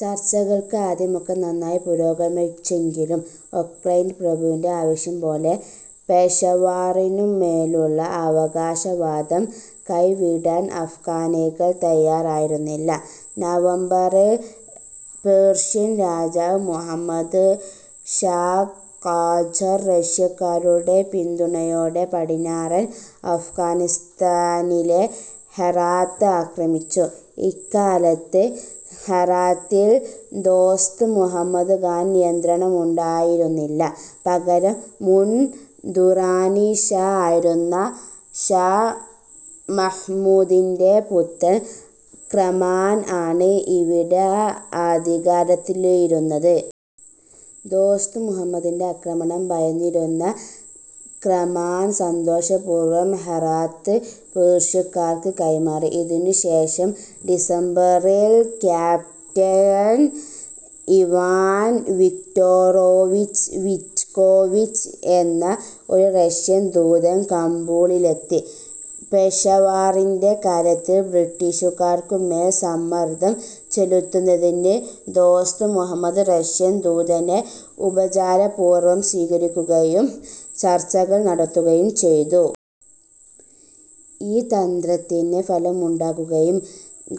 ചർച്ചകൾ ആദ്യമൊക്കെ നന്നായി പുരോഗമിച്ചെങ്കിലും ഓക്ലന്റ് പ്രഭുവിന്റെ ആവശ്യം പോലെ പെഷവാറിനു മേലുള്ള അവകാശവാദം കൈവിടാൻ അഫ്ഗാനികൾ തയാറയിരുന്നില്ല. നവംബറിൽ പേർഷ്യൻ രാജാവ് മുഹമ്മദ് ഷാ ഖാജർ റഷ്യക്കാരുടെ പിന്തുണയോടെ പടിഞ്ഞാറൻ അഫ്ഗാനിസ്താനിലെ ഹെറാത്ത് ആക്രമിച്ചു. ഇക്കാലത്ത്, ഹെറാത്തിൽ ദോസ്ത് മുഹമ്മദ് ഖാന് നിയന്ത്രണമുണ്ടായിരുന്നില്ല. പകരം മുൻ ദുറാനി ഷാ ആയിരുന്നഷാ മഹ്മൂദിന്റെ പുത്രൻ കമ്രാൻ ആണ് ഇവിടെ അധികാരത്തിലിരുന്നത്. ദോസ്ത് മുഹമ്മദിന്റെ ആക്രമണം ഭയന്നിരുന്ന കമ്രാൻ സന്തോഷപൂർവ്വം ഹെറാത്ത് പേർഷ്യക്കാർക്ക് കൈമാറി. ഇതിനു ശേഷം ഡിസംബറിൽ ക്യാപ്റ്റൻ ഇവാൻ വിക്റ്റൊറോവിച്ച് വിറ്റ്കോവിച്ച് എന്ന ഒരു റഷ്യൻ ദൂതൻ കാബൂളിലെത്തി. പെഷവാറിന്റെ കാര്യത്തിൽ ബ്രിട്ടീഷുകാർക്കു മേൽ സമ്മർദ്ദം ചെലുത്തുന്നതിന് ദോസ്ത് മുഹമ്മദ്, റഷ്യൻ ദൂതനെ ഉപചാരപൂർവ്വം സ്വീകരിക്കുകയും ചർച്ചകൾ നടത്തുകയും ചെയ്തു. ഈ തന്ത്രത്തിന് ഫലമുണ്ടാകുകയും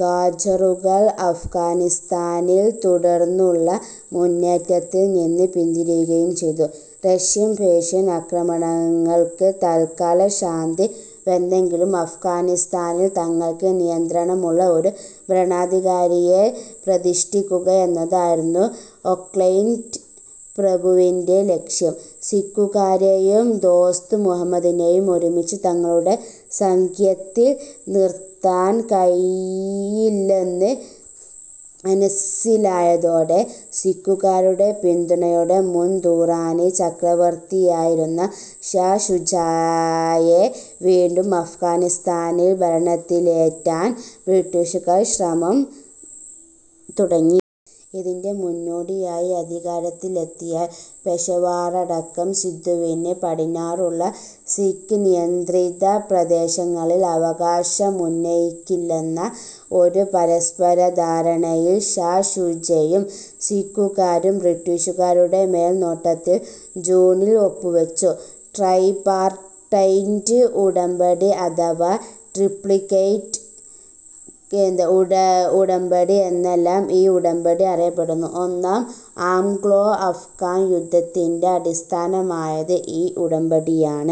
ഖാജറുകൾ അഫ്ഗാനിസ്താനിൽ തുടർന്നുള്ള മുന്നേറ്റത്തിൽ നിന്ന് പിന്തിരിയുകയും ചെയ്തു. റഷ്യൻ പേർഷ്യൻ ആക്രമണങ്ങൾക്ക് തൽക്കാലശാന്തി വന്നെങ്കിലും അഫ്ഗാനിസ്താനിൽ തങ്ങൾക്ക് നിയന്ത്രണമുള്ള ഒരു ഭരണാധികാരിയെ പ്രതിഷ്ഠിക്കുക എന്നതായിരുന്നു ഓക്ലന്റ് പ്രഭുവിന്റെ ലക്ഷ്യം. സിഖുകാരെയും ദോസ്ത് മുഹമ്മദിനെയും ഒരുമിച്ച് തങ്ങളുടെ സഖ്യത്തിൽ നിർത്താൻ കഴിയില്ലെന്ന് മനസ്സിലായതോടെ, സിഖുകാരുടെ പിന്തുണയോടെ മുൻ ദുറാനി ചക്രവർത്തിയായിരുന്ന ഷാ ഷുജയെ വീണ്ടും അഫ്ഗാനിസ്താനിൽ ഭരണത്തിലേറ്റാൻ ബ്രിട്ടീഷുകാർ ശ്രമം തുടങ്ങി. ഇതിന്റെ മുന്നോടിയായി, അധികാരത്തിലെത്തിയാൽ പെഷവാറടക്കം സിന്ധുവിന് പടിഞ്ഞാറുള്ള സിഖ് നിയന്ത്രിതപ്രദേശങ്ങളിൽ അവകാശമുന്നയിക്കില്ലെന്ന ഒരു പരസ്പരധാരണയിൽ ഷാ ഷുജയും സിഖുകാരും, ബ്രിട്ടീഷുകാരുടെ മേൽനോട്ടത്തിൽ ജൂണിൽ ഒപ്പുവച്ചു. ട്രൈപാർട്ടൈറ്റ് ഉടമ്പടി അഥവാ ട്രിപ്ലിക്കേറ്റ് ഉടമ്പടി എന്നെല്ലാം ഈ ഉടമ്പടി അറിയപ്പെടുന്നു. ഒന്നാം ആംഗ്ലോ-അഫ്ഗാൻ യുദ്ധത്തിന്റെ അടിസ്ഥാനമായത് ഈ ഉടമ്പടിയാണ്.